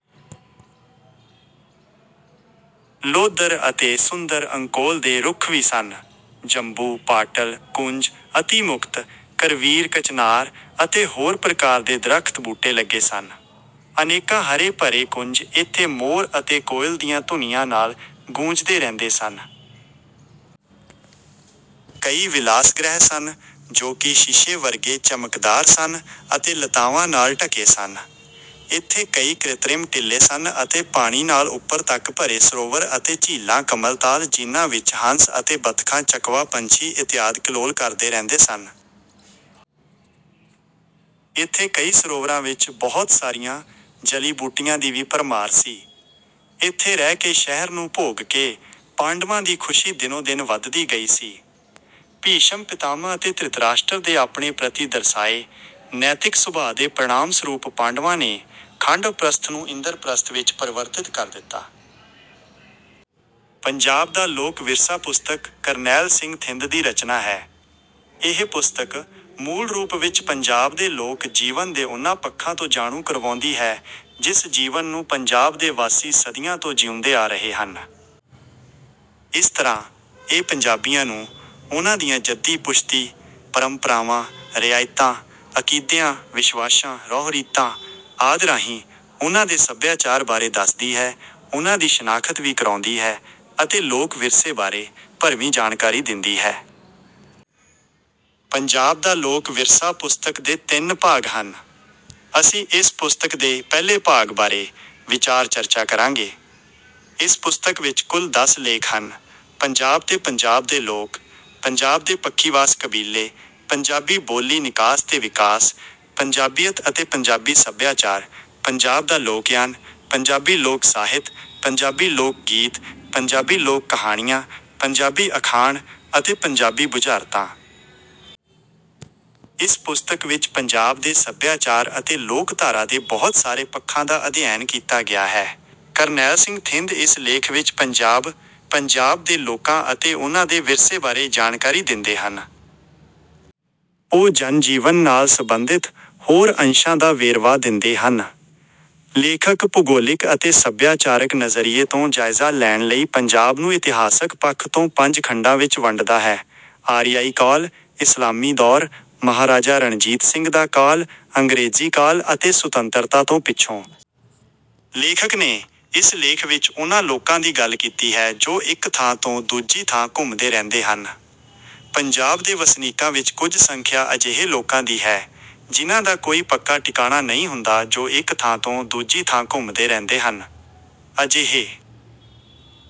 ਲੋਧਰ ਅਤੇ ਸੁੰਦਰ ਅੰਕੋਲ ਦੇ ਰੁੱਖ ਵੀ ਸਨ। ਜੰਬੂ, ਪਾਟਲ, ਕੁੰਜ, ਅਤੀਮੁਕਤ, ਕਰਵੀਰ, ਕਚਨਾਰ ਅਤੇ ਹੋਰ ਪ੍ਰਕਾਰ ਦੇ ਦਰੱਖਤ ਬੂਟੇ ਲੱਗੇ ਸਨ। ਅਨੇਕਾਂ ਹਰੇ ਭਰੇ ਕੁੰਜ ਇੱਥੇ ਮੋਰ ਅਤੇ ਕੋਇਲ ਦੀਆਂ ਧੁਨੀਆਂ ਨਾਲ ਗੂੰਜਦੇ ਰਹਿੰਦੇ ਸਨ। ਕਈ ਵਿਲਾਸਗ੍ਰਹਿ ਸਨ ਜੋ ਕਿ ਸ਼ੀਸ਼ੇ ਵਰਗੇ ਚਮਕਦਾਰ ਸਨ ਅਤੇ ਲਤਾਵਾਂ ਨਾਲ ਢਕੇ ਸਨ। ਇੱਥੇ ਕਈ ਕ੍ਰਿਤਰਿਮ ਟਿੱਲੇ ਸਨ ਅਤੇ ਪਾਣੀ ਨਾਲ ਉੱਪਰ ਤੱਕ ਭਰੇ ਸਰੋਵਰ ਅਤੇ ਝੀਲਾਂ ਕਮਲ ਤਾਲ ਜਿਹਨਾਂ ਵਿੱਚ ਹੰਸ ਅਤੇ ਬੱਤਖਾਂ ਚਕਵਾ ਪੰਛੀ ਇਤਿਆਦਿ ਕਿਲੋਲ ਕਰਦੇ ਰਹਿੰਦੇ ਸਨ। ਇੱਥੇ ਕਈ ਸਰੋਵਰਾਂ ਵਿੱਚ ਬਹੁਤ ਸਾਰੀਆਂ ਜਲੀ ਬੂਟੀਆਂ ਦੀ ਵੀ ਭਰਮਾਰ ਸੀ। ਇੱਥੇ ਰਹਿ ਕੇ ਸ਼ਹਿਰ ਨੂੰ ਭੋਗ ਕੇ ਪਾਂਡਵਾਂ ਦੀ ਖੁਸ਼ੀ ਦਿਨੋਂ ਦਿਨ ਵੱਧਦੀ ਗਈ ਸੀ। ਭੀਸ਼ਮ ਪਿਤਾਮਹ ਅਤੇ ਧ੍ਰਿਤਰਾਸ਼ਟਰ ਦੇ ਆਪਣੇ ਪ੍ਰਤੀ ਦਰਸਾਏ ਨੈਤਿਕ ਸੁਭਾਅ ਦੇ ਪ੍ਰਣਾਮ ਸਰੂਪ ਪਾਂਡਵਾਂ ਨੇ ਖਾਂਡਵਪ੍ਰਸਥ ਨੂੰ ਇੰਦਰਪ੍ਰਸਥ ਵਿੱਚ ਪਰਿਵਰਤਿਤ ਕਰ ਦਿੱਤਾ। ਪੰਜਾਬ ਦਾ ਲੋਕ ਵਿਰਸਾ ਪੁਸਤਕ ਕਰਨੈਲ ਸਿੰਘ ਥਿੰਦ ਦੀ ਰਚਨਾ ਹੈ। ਇਹ ਪੁਸਤਕ ਮੂਲ ਰੂਪ ਵਿੱਚ ਪੰਜਾਬ ਦੇ ਲੋਕ ਜੀਵਨ ਦੇ ਉਹਨਾਂ ਪੱਖਾਂ ਤੋਂ ਜਾਣੂ ਕਰਵਾਉਂਦੀ ਹੈ ਜਿਸ ਜੀਵਨ ਨੂੰ ਪੰਜਾਬ ਦੇ ਵਾਸੀ ਸਦੀਆਂ ਤੋਂ ਜੀਊਂਦੇ ਆ ਰਹੇ ਹਨ। ਇਸ ਤਰ੍ਹਾਂ ਇਹ ਪੰਜਾਬੀਆਂ ਨੂੰ ਉਨ੍ਹਾਂ ਦੀਆਂ ਜੱਦੀ ਪੁਸ਼ਤੀ ਪਰੰਪਰਾਵਾਂ ਰਿਆਇਤਾਂ ਅਕੀਦਿਆਂ ਵਿਸ਼ਵਾਸਾਂ ਰਹੁ ਰੀਤਾਂ ਆਦਿ ਰਾਹੀਂ ਉਨ੍ਹਾਂ ਦੇ ਸੱਭਿਆਚਾਰ ਬਾਰੇ ਦੱਸਦੀ ਹੈ ਉਨ੍ਹਾਂ ਦੀ ਸ਼ਨਾਖਤ ਵੀ ਕਰਾਉਂਦੀ ਹੈ ਅਤੇ ਲੋਕ ਵਿਰਸੇ ਬਾਰੇ ਭਰਵੀਂ ਜਾਣਕਾਰੀ ਦਿੰਦੀ ਹੈ। ਪੰਜਾਬ ਦਾ ਲੋਕ ਵਿਰਸਾ ਪੁਸਤਕ ਦੇ ਤਿੰਨ ਭਾਗ ਹਨ। ਅਸੀਂ ਇਸ ਪੁਸਤਕ ਦੇ ਪਹਿਲੇ ਭਾਗ ਬਾਰੇ ਵਿਚਾਰ ਚਰਚਾ ਕਰਾਂਗੇ। ਇਸ ਪੁਸਤਕ ਵਿੱਚ ਕੁੱਲ ਦਸ ਲੇਖ ਹਨ ਪੰਜਾਬ ਤੇ ਪੰਜਾਬ ਦੇ ਲੋਕ ਪੰਜਾਬ ਦੇ ਪੱਖੀਵਾਸ ਕਬੀਲੇ ਪੰਜਾਬੀ ਬੋਲੀ ਨਿਕਾਸ ਤੇ ਵਿਕਾਸ ਪੰਜਾਬੀਅਤ ਅਤੇ ਪੰਜਾਬੀ ਸੱਭਿਆਚਾਰ ਪੰਜਾਬ ਦਾ ਲੋਕਯਾਨ ਪੰਜਾਬੀ ਲੋਕ ਸਾਹਿਤ ਪੰਜਾਬੀ ਲੋਕ ਗੀਤ ਪੰਜਾਬੀ ਲੋਕ ਕਹਾਣੀਆਂ ਪੰਜਾਬੀ ਅਖਾਣ ਅਤੇ ਪੰਜਾਬੀ ਬੁਝਾਰਤਾਂ। ਇਸ ਪੁਸਤਕ ਵਿੱਚ ਪੰਜਾਬ ਦੇ ਸੱਭਿਆਚਾਰ ਅਤੇ ਲੋਕਧਾਰਾ ਦੇ ਬਹੁਤ ਸਾਰੇ ਪੱਖਾਂ ਦਾ ਅਧਿਐਨ ਕੀਤਾ ਗਿਆ ਹੈ। ਕਰਨੈਲ ਸਿੰਘ ਥਿੰਦ ਇਸ ਲੇਖ ਵਿੱਚ ਪੰਜਾਬ ਪੰਜਾਬ ਦੇ ਲੋਕਾਂ ਅਤੇ ਉਹਨਾਂ ਦੇ ਵਿਰਸੇ ਬਾਰੇ ਜਾਣਕਾਰੀ ਦਿੰਦੇ ਹਨ। ਉਹ ਜਨ ਜੀਵਨ ਨਾਲ ਸੰਬੰਧਿਤ ਹੋਰ ਅੰਸ਼ਾਂ ਦਾ ਵੇਰਵਾ ਦਿੰਦੇ ਹਨ। ਲੇਖਕ ਭੂਗੋਲਿਕ ਅਤੇ ਸੱਭਿਆਚਾਰਕ ਨਜ਼ਰੀਏ ਤੋਂ ਜਾਇਜ਼ਾ ਲੈਣ ਲਈ ਪੰਜਾਬ ਨੂੰ ਇਤਿਹਾਸਕ ਪੱਖ ਤੋਂ ਪੰਜ ਖੰਡਾਂ ਵਿੱਚ ਵੰਡਦਾ ਹੈ ਆਰੀਆਈ ਕਾਲ ਇਸਲਾਮੀ ਦੌਰ ਮਹਾਰਾਜਾ ਰਣਜੀਤ ਸਿੰਘ ਦਾ ਕਾਲ ਅੰਗਰੇਜ਼ੀ ਕਾਲ ਸੁਤੰਤਰਤਾ ਤੋਂ ਪਿੱਛੋਂ। ਲੇਖਕ ਨੇ ਇਸ ਲੇਖ ਵਿੱਚ ਉਨ੍ਹਾਂ ਲੋਕਾਂ ਦੀ ਗੱਲ ਕੀਤੀ ਹੈ ਜੋ ਇੱਕ ਥਾਂ ਤੋਂ ਦੂਜੀ ਥਾਂ ਘੁੰਮਦੇ ਰਹਿੰਦੇ ਹਨ। ਪੰਜਾਬ ਦੇ ਵਸਨੀਕਾਂ ਵਿੱਚ ਕੁਝ ਸੰਖਿਆ ਅਜਿਹੇ ਲੋਕਾਂ ਦੀ ਹੈ ਜਿਹਨਾਂ ਦਾ ਕੋਈ ਪੱਕਾ ਟਿਕਾਣਾ ਨਹੀਂ ਹੁੰਦਾ ਜੋ ਇੱਕ ਥਾਂ ਤੋਂ ਦੂਜੀ ਥਾਂ ਘੁੰਮਦੇ ਰਹਿੰਦੇ ਹਨ। ਅਜਿਹੇ